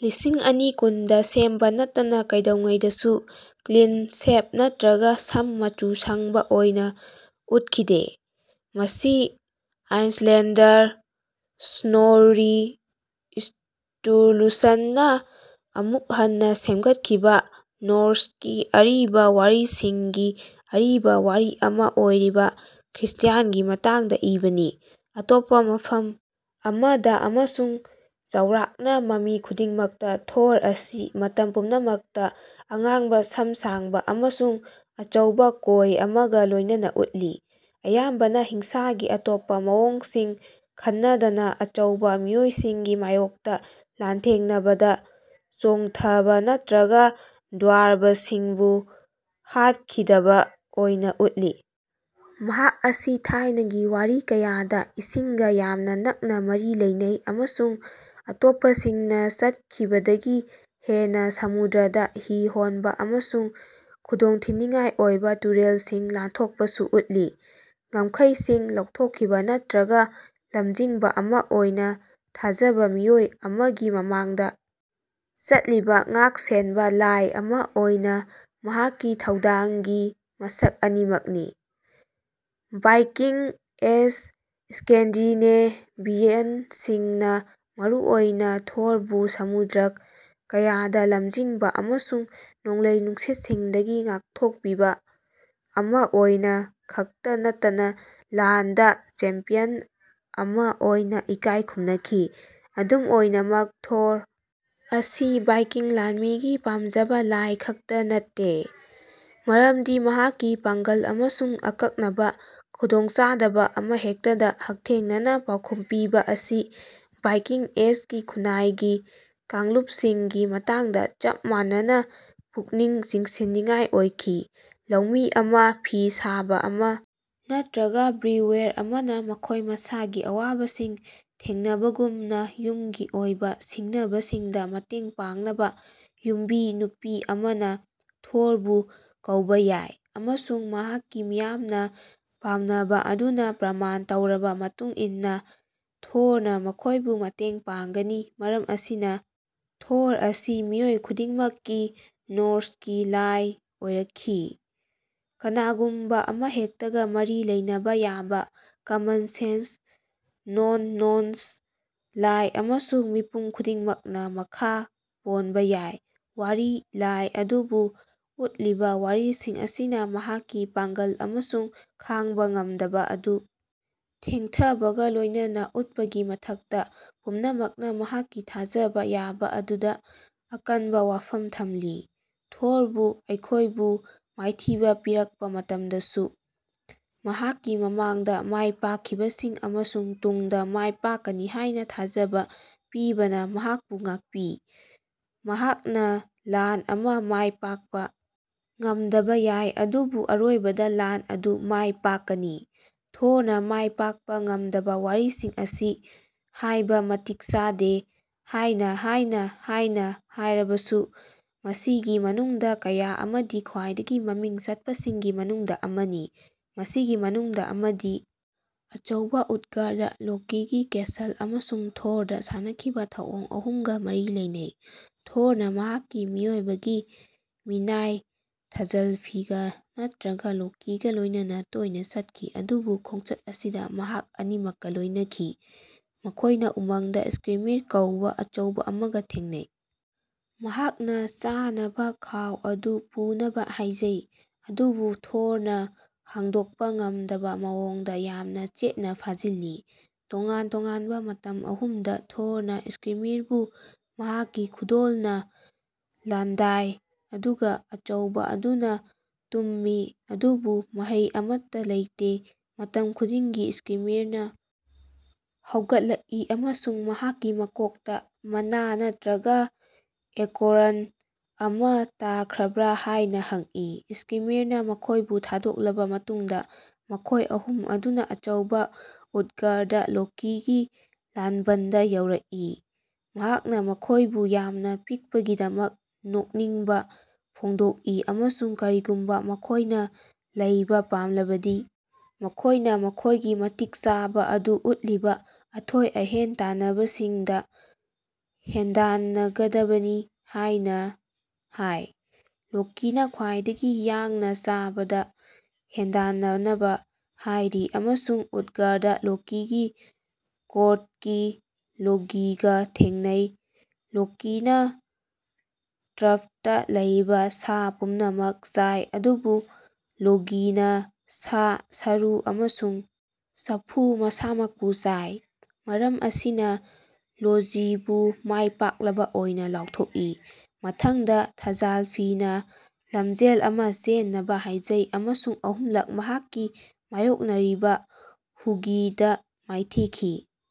ꯂꯤꯁꯤꯡ ꯑꯅꯤ ꯀꯨꯟ ꯗ ꯁꯦꯝꯕ ꯅꯠꯇꯅ ꯀꯩꯗꯧꯉꯩꯗꯁꯨ ꯀ꯭ꯂꯤꯟ-ꯁꯦꯚ ꯅꯠꯇ꯭ꯔꯒ ꯁꯝ ꯃꯆꯨ ꯁꯪꯕ ꯑꯣꯏꯅ ꯎꯠꯈꯤꯗꯦ, ꯃꯁꯤ ꯑꯥꯏꯁꯂꯦꯟꯗꯔ ꯁ꯭ꯅꯣꯔꯤ ꯁ꯭ꯇꯨꯔꯂꯨꯁꯟꯅ ꯑꯃꯨꯛ ꯍꯟꯅ ꯁꯦꯝꯒꯠꯈꯤꯕ ꯅꯣꯔ꯭ꯁꯀꯤ ꯑꯔꯤꯕ ꯋꯥꯔꯤꯁꯤꯡꯒꯤ ꯑꯔꯤꯕ ꯋꯥꯔꯤ ꯑꯃ ꯑꯣꯏꯔꯤꯕ, ꯈ꯭ꯔꯤꯁꯇ꯭ꯌꯥꯟꯒꯤ ꯃꯇꯥꯡꯗ ꯏꯕꯅꯤ꯫ ꯑꯇꯣꯞꯄ ꯃꯐꯝ ꯑꯃꯗ, ꯑꯃꯁꯨꯡ ꯆꯥꯎꯔꯥꯛꯅ ꯃꯃꯤ ꯈꯨꯗꯤꯡꯃꯛꯇ, ꯊꯣꯔ ꯑꯁꯤ ꯃꯇꯝ ꯄꯨꯝꯅꯃꯛꯇ ꯑꯉꯥꯡꯕ ꯁꯝ ꯁꯥꯡꯕ ꯑꯃꯁꯨꯡ ꯑꯆꯧꯕ ꯀꯣꯏ ꯑꯃꯒ ꯂꯣꯏꯅꯅ ꯎꯠꯂꯤ, ꯑꯌꯥꯝꯕꯅ ꯍꯤꯡꯁꯥꯒꯤ ꯑꯇꯣꯞꯄ ꯃꯑꯣꯡꯁꯤꯡ ꯈꯟꯅꯗꯅ ꯑꯆꯧꯕ ꯃꯤꯑꯣꯏꯁꯤꯡꯒꯤ ꯃꯥꯌꯣꯛꯇ ꯂꯥꯟꯊꯦꯡꯅꯕꯗ ꯆꯣꯡꯊꯕ ꯅꯠꯇ꯭ꯔꯒ ꯗ꯭ꯋꯥꯔꯕꯁꯤꯡꯕꯨ ꯍꯥꯠꯈꯤꯗꯕ ꯑꯣꯏꯅ ꯎꯠꯂꯤ꯫ ꯃꯍꯥꯛ ꯑꯁꯤ ꯊꯥꯏꯅꯒꯤ ꯋꯥꯔꯤ ꯀꯌꯥꯗ ꯏꯁꯤꯡꯒ ꯌꯥꯝꯅ ꯅꯛꯅ ꯃꯔꯤ ꯂꯩꯅꯩ ꯑꯃꯁꯨꯡ ꯑꯇꯣꯞꯄꯁꯤꯡꯅ ꯆꯠꯈꯤꯕꯗꯒꯤ ꯍꯦꯟꯅ ꯁꯃꯨꯗ꯭ꯔꯗ ꯍꯤ ꯍꯣꯟꯕ ꯑꯃꯁꯨꯡ ꯈꯨꯗꯣꯡꯊꯤꯅꯤꯡꯉꯥꯏ ꯑꯣꯏꯕ ꯇꯨꯔꯦꯜꯁꯤꯡ ꯂꯥꯟꯊꯣꯛꯄꯁꯨ ꯎꯠꯂꯤ ꯉꯝꯈꯩꯁꯤꯡ ꯂꯧꯊꯣꯛꯈꯤꯕ ꯅꯠꯇ꯭ꯔꯒ ꯂꯝꯖꯤꯡꯕ ꯑꯃ ꯑꯣꯏꯅ ꯊꯥꯖꯕ ꯃꯤꯑꯣꯏ ꯑꯃꯒꯤ ꯃꯃꯥꯡꯗ ꯆꯠꯂꯤꯕ ꯉꯥꯛꯁꯦꯟꯕ ꯂꯥꯏ ꯑꯃ ꯑꯣꯏꯅ ꯃꯍꯥꯛꯀꯤ ꯊꯧꯗꯥꯡꯒꯤ ꯃꯁꯛ ꯑꯅꯤꯃꯛꯅꯤ꯫ ꯚꯥꯏꯀꯤꯡ ꯑꯦꯖ ꯁ꯭ꯀꯦꯟꯗꯤꯅꯦꯚꯤꯌꯟꯁꯤꯡꯅ ꯃꯔꯨꯑꯣꯏꯅ ꯊꯣꯔꯕꯨ ꯁꯃꯨꯗ꯭ꯔ ꯀꯌꯥꯗ ꯂꯝꯖꯤꯡꯕ ꯑꯃꯁꯨꯡ ꯅꯣꯡꯂꯩ-ꯅꯨꯡꯁꯤꯠꯁꯤꯡꯗꯒꯤ ꯉꯥꯛꯊꯣꯛꯄꯤꯕ ꯑꯃ ꯑꯣꯏꯅ ꯈꯛꯇ ꯅꯠꯇꯅ ꯂꯥꯟꯗ ꯆꯦꯝꯄ꯭ꯌꯟ ꯑꯃꯥ ꯑꯣꯏꯅ ꯏꯀꯥꯏ ꯈꯨꯝꯅꯈꯤ꯫ ꯑꯗꯨꯝ ꯑꯣꯏꯅꯃꯛ, ꯊꯣꯔ ꯑꯁꯤ ꯚꯥꯏꯀꯤꯡ ꯂꯥꯟꯃꯤꯒꯤ ꯄꯥꯝꯖꯕ ꯂꯥꯏ ꯈꯛꯇ ꯅꯠꯇꯦ, ꯃꯔꯝꯗꯤ ꯃꯍꯥꯛꯀꯤ ꯄꯥꯡꯒꯜ ꯑꯃꯁꯨꯡ ꯑꯀꯛꯅꯕ ꯈꯨꯗꯣꯡꯆꯥꯗꯕ ꯑꯃꯍꯦꯛꯇꯗ ꯍꯛꯊꯦꯡꯅꯅ ꯄꯥꯎꯈꯨꯝ ꯄꯤꯕ ꯑꯁꯤ ꯚꯥꯏꯀꯤꯡ ꯑꯦꯖꯀꯤ ꯈꯨꯟꯅꯥꯏꯒꯤ ꯀꯥꯡꯂꯨꯞꯁꯤꯡꯒꯤ ꯃꯇꯥꯡꯗ ꯆꯞ ꯃꯥꯟꯅꯅ ꯄꯨꯛꯅꯤꯡ ꯆꯤꯡꯁꯤꯟꯅꯤꯡꯉꯥꯏ ꯑꯣꯏꯈꯤ꯫ ꯂꯧꯃꯤ ꯑꯃ, ꯐꯤ ꯁꯥꯕ ꯑꯃ ꯅꯠꯇ꯭ꯔꯒ ꯕ꯭ꯔꯤꯋꯦꯔ ꯑꯃꯅ ꯃꯈꯣꯏ ꯃꯁꯥꯒꯤ ꯑꯋꯥꯕꯁꯤꯡ ꯊꯦꯡꯅꯕꯒꯨꯝꯅ ꯌꯨꯝꯒꯤ ꯑꯣꯏꯕ ꯁꯤꯡꯅꯕꯁꯤꯡꯗ ꯃꯇꯦꯡ ꯄꯥꯡꯅꯕ ꯌꯨꯝꯕꯤ ꯅꯨꯄꯤ ꯑꯃꯅ ꯊꯣꯔꯕꯨ ꯀꯧꯕ ꯌꯥꯏ ꯑꯃꯁꯨꯡ ꯃꯍꯥꯛꯀꯤ ꯃꯤꯌꯥꯝꯅ ꯄꯥꯝꯅꯕ ꯑꯗꯨꯅ ꯄ꯭ꯔꯃꯥꯟ ꯇꯧꯔꯕ ꯃꯇꯨꯡ ꯏꯟꯅ, ꯊꯣꯔꯅ ꯃꯈꯣꯏꯕꯨ ꯃꯇꯦꯡ ꯄꯥꯡꯒꯅꯤ꯫ ꯃꯔꯝ ꯑꯁꯤꯅ ꯊꯣꯔ ꯑꯁꯤ ꯃꯤꯑꯣꯏ ꯈꯨꯗꯤꯡꯃꯛꯀꯤ ꯅꯣꯔ꯭ꯁꯀꯤ ꯂꯥꯏ ꯑꯣꯏꯔꯛꯈꯤ꯫ ꯀꯅꯥꯒꯨꯝꯕ ꯑꯃꯍꯦꯛꯇꯒ ꯃꯔꯤ ꯂꯩꯅꯕ ꯌꯥꯕ ꯀꯃꯟ-ꯁꯦꯟꯁ, ꯅꯣꯟ-ꯅꯣꯟꯁ ꯂꯥꯏ ꯑꯃꯁꯨꯡ ꯃꯤꯄꯨꯝ ꯈꯨꯗꯤꯡꯃꯛꯅ ꯃꯈꯥ ꯄꯣꯟꯕ ꯌꯥꯏ꯫ ꯋꯥꯔꯤ ꯂꯥꯏ ꯑꯗꯨꯕꯨ ꯎꯠꯂꯤꯕ ꯋꯥꯔꯤꯁꯤꯡ ꯑꯁꯤꯅ, ꯃꯍꯥꯛꯀꯤ ꯄꯥꯡꯒꯜ ꯑꯃꯁꯨꯡ ꯈꯥꯡꯕ ꯉꯝꯗꯕ ꯑꯗꯨ ꯊꯦꯡꯊꯕꯒ ꯂꯣꯏꯅꯅ ꯎꯠꯄꯒꯤ ꯃꯊꯛꯇ, ꯄꯨꯝꯅꯃꯛꯅ ꯃꯍꯥꯛꯀꯤ ꯊꯥꯖꯕ ꯌꯥꯕ ꯑꯗꯨꯗ ꯑꯀꯟꯕ ꯋꯥꯐꯝ ꯊꯝꯂꯤ꯫ ꯊꯣꯔꯕꯨ ꯑꯩꯈꯣꯏꯕꯨ ꯃꯥꯏꯊꯤꯕ ꯄꯤꯔꯛꯄ ꯃꯇꯝꯗꯁꯨ, ꯃꯍꯥꯛꯀꯤ ꯃꯃꯥꯡꯗ ꯃꯥꯏꯄꯥꯛꯈꯤꯕꯁꯤꯡ ꯑꯃꯁꯨꯡ ꯇꯨꯡꯗ ꯃꯥꯏꯄꯥꯛꯀꯅꯤ ꯍꯥꯏꯅ ꯊꯥꯖꯕ ꯄꯤꯕꯅ ꯃꯍꯥꯛꯄꯨ ꯉꯥꯛꯄꯤ; ꯃꯍꯥꯛꯅ ꯂꯥꯟ ꯑꯃ ꯃꯥꯏ ꯄꯥꯛꯄ ꯉꯝꯗꯕ ꯌꯥꯏ ꯑꯗꯨꯕꯨ ꯑꯔꯣꯏꯕꯗ ꯂꯥꯟ ꯑꯗꯨ ꯃꯥꯏ ꯄꯥꯛꯀꯅꯤ꯫ ꯊꯣꯔꯅ ꯃꯥꯏ ꯄꯥꯛꯄ ꯉꯝꯗꯕ ꯋꯥꯔꯤꯁꯤꯡ ꯑꯁꯤ ꯍꯥꯏꯕ ꯃꯇꯤꯛ ꯆꯥꯗꯦ ꯍꯥꯏꯅ ꯍꯥꯏꯅ ꯍꯥꯏꯅ ꯍꯥꯏꯔꯕꯁꯨ, ꯃꯁꯤꯒꯤ ꯃꯅꯨꯡꯗ ꯀꯌꯥ ꯑꯃꯗꯤ ꯈ꯭ꯋꯥꯏꯗꯒꯤ ꯃꯃꯤꯡ ꯆꯠꯄꯁꯤꯡꯒꯤ ꯃꯅꯨꯡꯗ ꯑꯃꯅꯤ꯫ ꯃꯁꯤꯒꯤ ꯃꯅꯨꯡꯗ ꯑꯃꯗꯤ ꯑꯆꯧꯕ ꯎꯠꯒꯔꯗꯥ-ꯂꯣꯀꯤꯒꯤ ꯀꯦꯁꯜ ꯑꯃꯁꯨꯡ ꯊꯣꯔꯗ ꯁꯥꯟꯅꯈꯤꯕ ꯊꯧꯑꯣꯡ ꯑꯍꯨꯝꯒ ꯃꯔꯤ ꯂꯩꯅꯩ꯫ ꯊꯣꯔꯅ ꯃꯍꯥꯛꯀꯤ ꯃꯤꯑꯣꯏꯕꯒꯤ ꯃꯤꯅꯥꯏ ꯊꯖꯜꯐꯤꯒ ꯅꯠꯇ꯭ꯔꯒ ꯂꯣꯀꯤꯒ ꯂꯣꯏꯅꯅ ꯇꯣꯏꯅ ꯆꯠꯈꯤ ꯑꯗꯨꯕꯨ ꯈꯣꯡꯆꯠ ꯑꯁꯤꯗ ꯃꯍꯥꯛ ꯑꯅꯤꯃꯛꯀ ꯂꯣꯏꯅꯈꯤ꯫ ꯃꯈꯣꯏꯅ ꯎꯃꯪꯗ ꯁ꯭ꯀ꯭ꯔꯤꯃꯤꯔ ꯀꯧꯕ ꯑꯆꯧꯕ ꯑꯃꯒ ꯊꯦꯡꯅꯩ, ꯃꯍꯥꯛꯅ ꯆꯥꯅꯕ ꯈꯥꯎ ꯑꯗꯨ ꯄꯨꯅꯕ ꯍꯥꯏꯖꯩ ꯑꯗꯨꯕꯨ ꯊꯣꯔꯅ ꯍꯥꯡꯗꯣꯛꯄ ꯉꯝꯗꯕ ꯃꯑꯣꯡꯗ ꯌꯥꯝꯅ ꯆꯦꯠꯅ ꯐꯥꯖꯤꯜꯂꯤ꯫ ꯇꯣꯉꯥꯟ-ꯇꯣꯉꯥꯟꯕ ꯃꯇꯝ ꯑꯍꯨꯝꯗ ꯊꯣꯔꯅ ꯁ꯭ꯀ꯭ꯔꯤꯃꯤꯔꯕꯨ ꯃꯍꯥꯛꯀꯤ ꯈꯨꯗꯣꯜꯅ ꯂꯥꯟꯗꯥꯏ ꯑꯗꯨꯒ ꯑꯆꯧꯕ ꯑꯗꯨꯅ ꯇꯨꯝꯃꯤ ꯑꯗꯨꯕꯨ ꯃꯍꯩ ꯑꯃꯠꯇ ꯂꯩꯇꯦ; ꯃꯇꯝ ꯈꯨꯗꯤꯡꯒꯤ ꯁ꯭ꯀ꯭ꯔꯤꯃꯤꯔꯅ ꯍꯧꯒꯠꯂꯛꯏ ꯑꯃꯁꯨꯡ ꯃꯍꯥꯛꯀꯤ ꯃꯀꯣꯛꯇ ꯃꯅꯥ ꯅꯠꯇ꯭ꯔꯒ ꯑꯦꯀꯣꯔ꯭ꯟ ꯑꯃ ꯇꯥꯈ꯭ꯔꯕ꯭ꯔꯥ ꯍꯥꯏꯅ ꯍꯪꯏ꯫ ꯁ꯭ꯀ꯭ꯔꯤꯃꯤꯔꯅ ꯃꯈꯣꯏꯕꯨ ꯊꯥꯗꯣꯛꯂꯕ ꯃꯇꯨꯡꯗ, ꯃꯈꯣꯏ ꯑꯍꯨꯝ ꯑꯗꯨꯅ ꯑꯆꯧꯕ ꯎꯠꯒꯔꯗꯥ-ꯂꯣꯀꯤꯒꯤ ꯂꯥꯟꯕꯟꯗ ꯌꯧꯔꯛꯏ, ꯃꯍꯥꯛꯅ ꯃꯈꯣꯏꯕꯨ ꯌꯥꯝꯅ ꯄꯤꯛꯄꯒꯤꯗꯃꯛ ꯅꯣꯛꯅꯤꯡꯕ ꯐꯣꯡꯗꯣꯛꯏ ꯑꯃꯁꯨꯡ ꯀꯔꯤꯒꯨꯝꯕ ꯃꯈꯣꯏꯅ ꯂꯩꯕ ꯄꯥꯝꯂꯕꯗꯤ, ꯃꯈꯣꯏꯅ ꯃꯈꯣꯏꯒꯤ ꯃꯇꯤꯛ ꯆꯥꯕ ꯑꯗꯨ ꯎꯠꯂꯤꯕ ꯑꯊꯣꯏ-ꯑꯍꯦꯟ ꯇꯥꯟꯅꯕꯁꯤꯡꯗ ꯍꯦꯟꯗꯥꯟꯅꯒꯗꯕꯅꯤ ꯍꯥꯏꯅ ꯍꯥꯏ꯫ ꯂꯣꯀꯤꯅ ꯈ꯭ꯋꯥꯏꯗꯒꯤ ꯌꯥꯡꯅ ꯆꯥꯕꯗ ꯍꯦꯟꯗꯥꯟꯅꯅꯕ ꯍꯥꯏꯔꯤ ꯑꯃꯁꯨꯡ ꯎꯠꯒꯔꯗꯥ-ꯂꯣꯀꯤꯒꯤ ꯀꯣꯔꯠꯀꯤ ꯂꯣꯒꯤꯒ ꯊꯦꯡꯅꯩ꯫ ꯂꯣꯀꯤꯅ ꯇ꯭ꯔꯐꯇ ꯂꯩꯕ ꯁꯥ ꯄꯨꯝꯅꯃꯛ ꯆꯥꯏ ꯑꯗꯨꯕꯨ ꯂꯣꯒꯤꯅ ꯁꯥ, ꯁꯔꯨ ꯑꯃꯁꯨꯡ ꯆꯐꯨ ꯃꯁꯥꯃꯛꯄꯨ ꯆꯥꯏ; ꯃꯔꯝ ꯑꯁꯤꯅ ꯂꯣꯖꯤꯕꯨ ꯃꯥꯏꯄꯥꯛꯂꯕ ꯑꯣꯏꯅ ꯂꯥꯎꯊꯣꯛꯏ꯫ ꯃꯊꯪꯗ, ꯊꯖꯥꯜꯐꯤꯅ ꯂꯝꯖꯦꯜ ꯑꯃ ꯆꯦꯟꯅꯕ ꯍꯥꯏꯖꯩ ꯑꯃꯁꯨꯡ ꯑꯍꯨꯝꯂꯛ ꯃꯍꯥꯛꯀꯤ ꯃꯥꯌꯣꯛꯅꯔꯤꯕ ꯍꯨꯒꯤꯗ ꯃꯥꯏꯊꯤꯈꯤ꯫